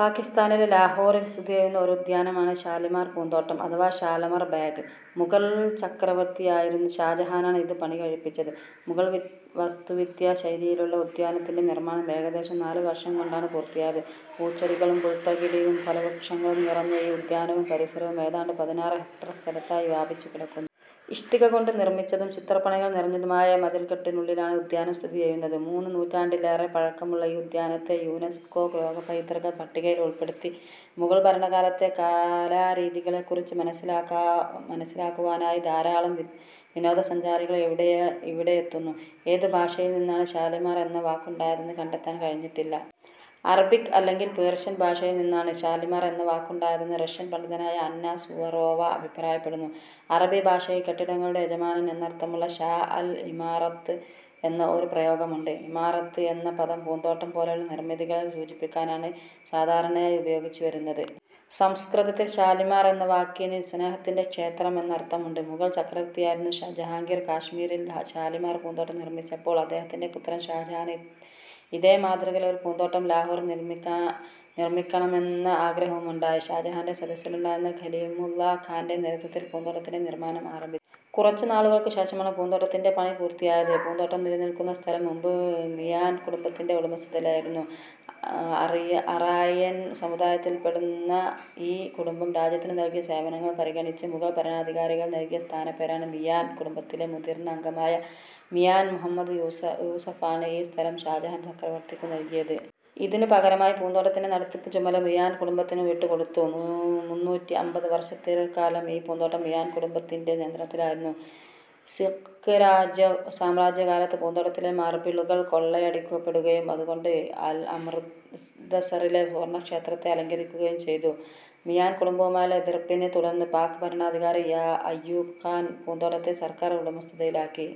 പാകിസ്താനിലെ ലാഹോറിൽ സ്ഥിതിചെയ്യുന്ന ഒരു ഉദ്യാനമാണ് ഷാലിമാർ പൂന്തോട്ടം അഥവാ ഷാലമർ ബാഗ്. മുഗൾ ചക്രവർത്തിയായിരുന്ന ഷാജഹാനാണ് ഇത് പണികഴിപ്പിച്ചത്. മുഗൾ വാസ്തുവിദ്യാ ശൈലിയിലുള്ള ഉദ്യാനത്തിന്റെ നിർമ്മാണം ഏകദേശം നാലു വർഷം കൊണ്ടാണ് പൂർത്തിയായത്. പൂച്ചെടികളും പുൽത്തകിടിയും ഫലവൃക്ഷങ്ങളും നിറഞ്ഞ ഈ ഉദ്യാനവും പരിസരവും ഏതാണ്ട് പതിനാറ് ഹെക്ടേർ സ്ഥലത്തായി വ്യാപിച്ചുകിടക്കു. ഇഷ്ടിക കൊണ്ടു നിർമ്മിച്ചതും ചിത്രപ്പണികൾ നിറഞ്ഞതുമായ മതിൽക്കെട്ടിനുള്ളിലാണ് ഉദ്യാനം സ്ഥിതിചെയ്യുന്നത്. മൂന്ന് നൂറ്റാണ്ടിലേറെ പഴക്കമുള്ള ഈ ഉദ്യാനത്തെ യുനെസ്കോ ലോകപൈതൃക പട്ടികയിൽ ഉൾപ്പെടുത്തി. മുഗൾ ഭരണകാലത്തെ കലാരീതികളെക്കുറിച്ച് മനസ്സിലാക്കുവാനായി ധാരാളം വിനോദസഞ്ചാരികൾ ഇവിടെയെത്തുന്നു. ഏതു ഭാഷയിൽ നിന്നാണ് ' ഷാലിമാർ ' എന്ന വാക്കുണ്ടായതെന്ന് കണ്ടെത്താൻ കഴിഞ്ഞിട്ടില്ല. അറബിക് അല്ലെങ്കിൽ പേർഷ്യൻ ഭാഷയിൽ നിന്നാണ് ' ഷാലിമാർ ' എന്ന വാക്കുണ്ടായതെന്ന് റഷ്യൻ പണ്ഡിതനായ അന്ന സുവറോവ അഭിപ്രായപ്പെടുന്നു. അറബി ഭാഷയിൽ ' കെട്ടിടങ്ങളുടെ യജമാനൻ ' എന്നർത്ഥമുള്ള ' ഷാ അൽ-ഇമാറത്ത് ' എന്ന ഒരു പ്രയോഗമുണ്ട്. ' ഇമാറത്ത് ' എന്ന പദം പൂന്തോട്ടം പോലെയുള്ള നിർമ്മിതികളെ സൂചിപ്പിക്കാനാണ് സാധാരണയായി ഉപയോഗിച്ചു വരുന്നത്. സംസ്കൃതത്തിൽ ' ഷാലിമാർ ' എന്ന വാക്കിന് ' സ്നേഹത്തിന്റെ ക്ഷേത്രം ' എന്നർത്ഥമുണ്ട്. മുഗൾ ചക്രവർത്തിയായിരുന്ന ജഹാംഗീർ കാശ്മീരിൽ ഷാലിമാർ പൂന്തോട്ടം നിർമ്മിച്ചപ്പോൾ അദ്ദഹത്തിന്റെ പുത്രൻ ഷാജഹാന് ഇതേ മാതൃകയിൽ ഒരു പൂന്തോട്ടം ലാഹോറിൽ നിർമ്മിക്കണമെന്ന ആഗ്രഹമുണ്ടായി. ഷാജഹാന്റെ സദസ്സിലുണ്ടായിരുന്ന ഖലിമുള്ള ഖാന്റെ നേതൃത്വത്തിൽ പൂന്തോട്ടത്തിന്റെ നിർമ്മാണം ആരംഭിച്ചു. കുറച്ചു നാളുകൾക്ക് ശേഷമാണ് പൂന്തോട്ടത്തിന്റെ പണി പൂർത്തിയായത്. പൂന്തോട്ടം നിലനിൽക്കുന്ന സ്ഥലം മുമ്പ് മിയാൻ കുടുംബത്തിന്റെ ഉടമസ്ഥതയിലായിരുന്നു. ' അറായിൻ ' സമുദായത്തിൽപ്പെടുന്ന ഈ കുടുംബം രാജ്യത്തിനു നൽകിയ സേവനങ്ങൾ പരിഗണിച്ച് മുഗൾ ഭരണാധികാരികൾ നൽകിയ സ്ഥാനപ്പേരാണ് ' മിയാൻ '. കുടുംബത്തിലെ മുതിർന്ന അംഗമായ മിയാൻ മുഹമ്മദ് യൂസഫാണ് ഈ സ്ഥലം ഷാജഹാൻ ചക്രവർത്തിക്കു നൽകിയത്. ഇതിനു പകരമായി പൂന്തോട്ടത്തിന്റെ നടത്തിപ്പുചുമതല മിയാൻ കുടുംബത്തിനു വിട്ടുകൊടുത്തു. മുന്നൂറ്റിഅമ്പത് വർഷത്തിലേറെക്കാലം ഈ പൂന്തോട്ടം മിയാൻ കുടുംബത്തിന്റെ നിയന്ത്രണത്തിലായിരുന്നു. സിഖ് സാമ്രാജ്യകാലത്ത് പൂന്തോട്ടത്തിലെ മാർബിളുകൾ കൊള്ളയടിക്കപ്പെടുകയും അവകൊണ്ട് അമൃത്സറിലെ സുവർണ്ണക്ഷേത്രത്തെ അലങ്കരിക്കുകയും ചെയ്തു. മിയാൻ കുടുംബവുമായുള്ള എതിർപ്പിനെ തുടർന്ന് പാക് ഭരണാധികാരി അയൂബ് ഖാൻ പൂന്തോട്ടത്തെ സർക്കാർ ഉടമസ്ഥതയിലാക്കി.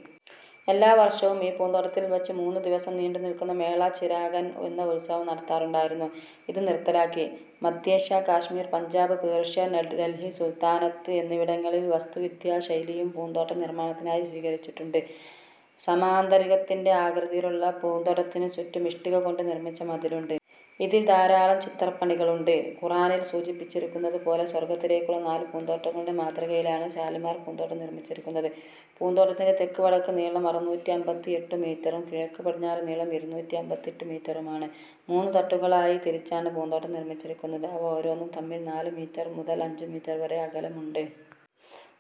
എല്ലാവർഷവും ഈ പൂന്തോട്ടത്തിൽ വച്ച് മൂന്നു ദിവസം നീണ്ടുനിൽക്കുന്ന ' മേള ചിരാഗൻ ' എന്ന ഉത്സവം നടത്താറുണ്ടായിരുന്നു. ഇത് നിർത്തലാക്കി. മധ്യേഷ്യ, കശ്മീർ, പഞ്ചാബ്, പേർഷ്യ, ഡൽഹി സുൽത്താനത്ത് എന്നിവടങ്ങളിലെ വാസ്തുവിദ്യാശൈലിയും പൂന്തോട്ട നിർമ്മാണത്തിനായി സ്വീകരിച്ചിട്ടുണ്ട്. സാമാന്തരികത്തിന്റെ ആകൃതിയിലുള്ള പൂന്തോട്ടത്തിനു ചുറ്റും ഇഷ്ടിക കൊണ്ട് നിർമ്മിച്ച മതിലുണ്ട്. ഇതിൽ ധാരാളം ചിത്രപ്പണികളുണ്ട്. ഖുറാനിൽ സൂചിപ്പിച്ചിരിക്കുന്നതു പോലെ സ്വർഗ്ഗത്തിലുള്ള നാലു പൂന്താട്ടങ്ങളുടെ മാതൃകയിലാണ് ഷാലിമാർ പൂന്തോട്ടം നിർമ്മിച്ചിരിക്കുന്നത്. പൂന്തോട്ടത്തിന്റെ തെക്ക് വടക്ക് നീളം അറുനൂറ്റിഅമ്പത്തിഎട്ടു മീറ്ററും കിഴക്ക് പടിഞ്ഞാറ് നീളം ഇരുനൂറ്റിഅമ്പത്തിഎട്ടു മീറ്ററുമാണ്. മൂന്നു തട്ടുകളായി തിരിച്ചാണ് പൂന്തോട്ടം നിർമ്മിച്ചിരിക്കുന്നത്. അവ ഓരോന്നും തമ്മിൽ നാല് മീറ്റർ മുതൽ അഞ്ചു മീറ്റർ വരെ അകലമുണ്ട്.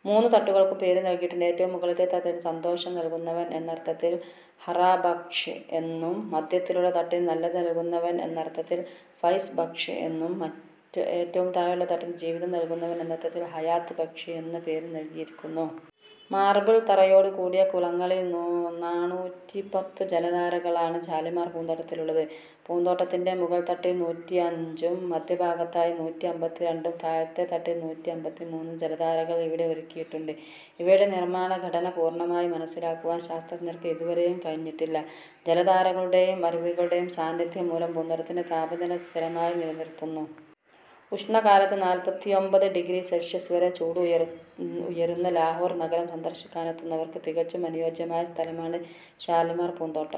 മൂന്നു തട്ടുകൾക്കും പേരുനൽകിയിട്ടുണ്ട്. ഏറ്റവും മുകളിലത്തെ തട്ടിന് ' സന്തോഷം നൽകുന്നവൻ ' എന്നർത്ഥത്തിൽ ' ഫറാ ബക്ഷ് ' എന്നും മധ്യത്തിലുള്ള തട്ടിന് ' നല്ലത് നൽകുന്നവൻ ' എന്നർത്ഥത്തിൽ ' ഫൈസ് ബക്ഷ് ' എന്നും ഏറ്റവും താഴെയുള്ള തട്ടിന് ' ജീവിതം നൽകുന്നവൻ ' എന്നർത്ഥത്തിൽ ' ഹയാത് ബക്ഷ് ' എന്നും പേരു നൽകിയിരിക്കുന്നു. മാർബിൾ തറയോടു കൂടിയ കുളങ്ങളിൽ നാണൂറ്റിപ്പത്തു ജലധാരകളാണ് ഷാലിമാർ പൂന്തോട്ടത്തിലുള്ളത്. പൂന്തോട്ടത്തിന്റെ മുകൾത്തട്ടിൽ നൂറ്റിഅഞ്ചും മധ്യഭാഗത്തായി നൂറ്റിഅമ്പത്തിരണ്ടും താഴത്തെ തട്ടിൽ നൂറ്റിഅമ്പത്തിമൂന്നും ജലധാരകൾ ഇവിടെ ഒരുക്കിയിട്ടുണ്ട്. ഇവയുടെ നിർമ്മാണ ഘടന പൂർണ്ണമായും മനസ്സിലാക്കുവാൻ ശാസ്ത്രജ്ഞർക്ക് ഇതുവരെയും കഴിഞ്ഞിട്ടില്ല. ജലധാരകളുടെയും അരുവികളുടെയും സാന്നിദ്ധ്യം മൂലം പൂന്തോട്ടത്തിന്റെ താപനില സ്ഥിരമായി നിലനിർത്തുന്നു. ഉഷ്ണകാലത്ത് നാല്പത്തിയൊമ്പത് ഡിഗ്രി സെൽഷ്യസ് വരെ ചൂട് ഉയരുന്ന ലാഹോർ നഗരം സന്ദർശിക്കാനെത്തുന്നവർക്ക് തികച്ചും അനുയോജ്യമായ സ്ഥലമാണ് ഷാലിമാർ പൂന്തോട്ടം.